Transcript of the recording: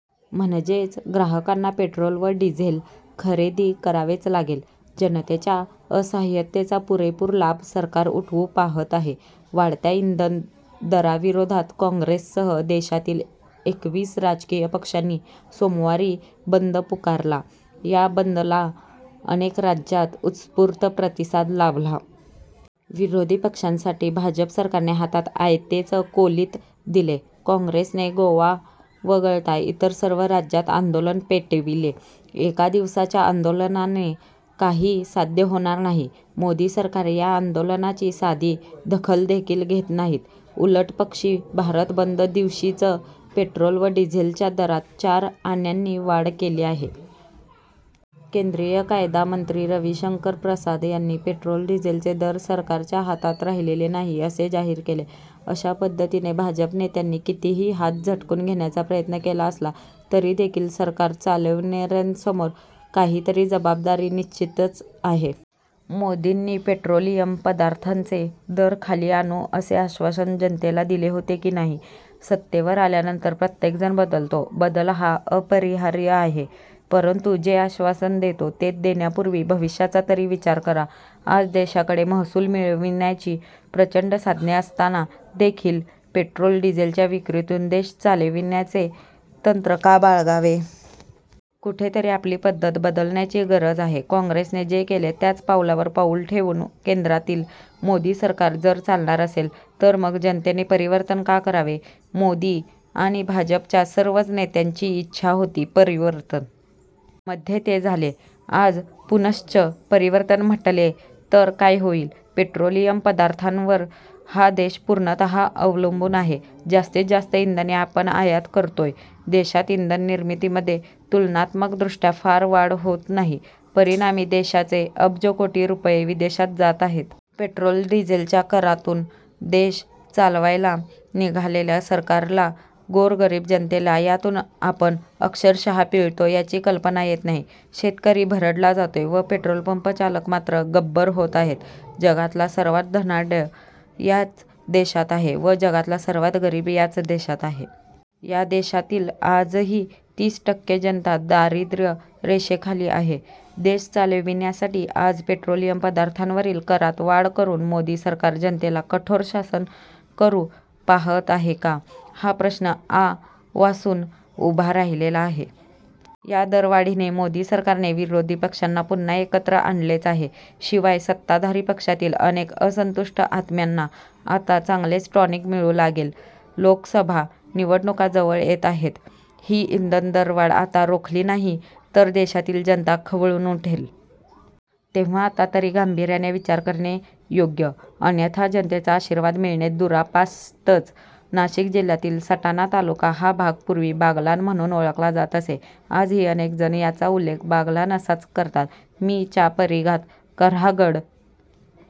म्हणजेच ग्राहकांना पेट्रोल व डिझेल खरेदी करावेच लागेल. जनतेच्या असाहय़तेचा पुरेपुर लाभ सरकार उठवू पाहत आहे. वाढत्या इंधन दराविरोधात काँग्रेससह देशातील एकवीस राजकीय पक्षांनी सोमवारी बंद पुकारला. या बंदला अनेक राज्यांत उत्स्फूर्त प्रतिसाद लाभला. विरोधी पक्षांसाठी भाजप सरकारने हातात आयतेच कोलीत दिले. काँग्रेसने गोवा वगळता इतर सर्व राज्यांत आंदोलन पेटविले. एका दिवसाच्या आंदोलनाने काही साध्य होणार नाही. मोदी सरकार या आंदोलनाची साधी दखलदेखील घेत नाहीत. उलटपक्षी भारत बंद दिवशीच पेट्रोल व डिझेलच्या दरात चार आण्यांनी वाढ केली आहे. केंद्रीय कायदामंत्री रवीशंकर प्रसाद यांनी पेट्रोल डिझेलचे दर सरकारच्या हातात राहिलेले नाही, असे जाहीर केले. अशा पद्धतीने भाजप नेत्यांनी कितीही हात झटकून घेण्याचा प्रयत्न केला असला तरीदेखील सरकार चालविणाऱयांसमोर काहीतरी जबाबदारी निश्चितच आहे. मोदींनी पेट्रोलियम पदार्थांचे दर खाली आणू असे आश्वासन जनतेला दिले होते की नाही? सत्तेवर आल्यानंतर प्रत्येकजण बदलतो. बदल हा अपरिहार्य आहे. परंतु जे आश्वासन देतो ते देण्यापूर्वी भविष्याचा तरी विचार करा. आज देशाकडे महसूल मिळविण्याची प्रचंड साधने असताना देखील पेट्रोल, डिझेलच्या विक्रीतून देश चालविण्याचे तंत्र का बाळगावे? कुठेतरी आपली पद्धत बदलण्याची गरज आहे. काँग्रेसने जे केले त्याच पावलावर पाऊल ठेवून केंद्रातील मोदी सरकार जर चालणार असेल तर मग जनतेने परिवर्तन का करावे! मोदी अािण भाजपच्या सर्वच नेत्यांची इच्छा होती परिवर्तन! मध्ये ते झाले. आज पुनश्च परिवर्तन म्हटले तर काय होईल? पेट्रोलियम पदार्थांवर हा देश पूर्णतः अवलंबून आहे. जास्तीत जास्त इंधने आपण आयात करतोय. देशात इंधन निर्मितीमध्ये तुलनात्मकदृष्टय़ा फार वाढ होत नाही. परिणामी देशाचे अब्ज कोटी रुपये विदेशात जात आहेत. पेट्रोल डिझेलच्या करातून देश चालवायला निघालेल्या सरकारला गोरगरीब जनतेला यातून आपण अक्षरशः पिळतो याची कल्पना येत नाही. शेतकरी भरडला जातोय व पेट्रोलपंप चालक मात्र गब्बर होत आहेत. जगातला सर्वांत धनाढय़ याच देशात आहे व जगातला सर्वांत गरीब याच देशात आहे. या देशातील आजही तीस टक्के जनता दारिद्रय़ रेषेखाली आहे. देश चालविण्यासाठी आज पेट्रोलियम पदार्थांवरील करात वाढ करून मोदी सरकार जनतेला कठोर शासन करू पाहत आहे का? हा प्रश्न आ वासून उभा राहिलेला आहे. या दरवाढीने मोदी सरकारने विरोधी पक्षांना पुन्हा एकत्र आणलेच आहे. शिवाय सत्ताधारी पक्षातील अनेक असंतुष्ट आत्म्यांना आता चांगलेच टॉनिक मिळू लागेल. लोकसभा निवडणुका जवळ येत आहेत. ही इंधन दरवाढ आता रोखली नाही तर देशातील जनता खवळून उठेल. तेव्हा आता तरी गांभीर्याने विचार करणे योग्य. अन्यथा जनतेचा आशीर्वाद मिळणे दुरापास्तच! नाशिक जिल्ह्यातील सटाणा तालुका हा भाग पुर्वी बागलाण म्हणून ओळखला जात असे. आजही अनेकजण याचा उल्लेख बागलाण असाच करतात. मी. च्या परिघात कऱ्हागड,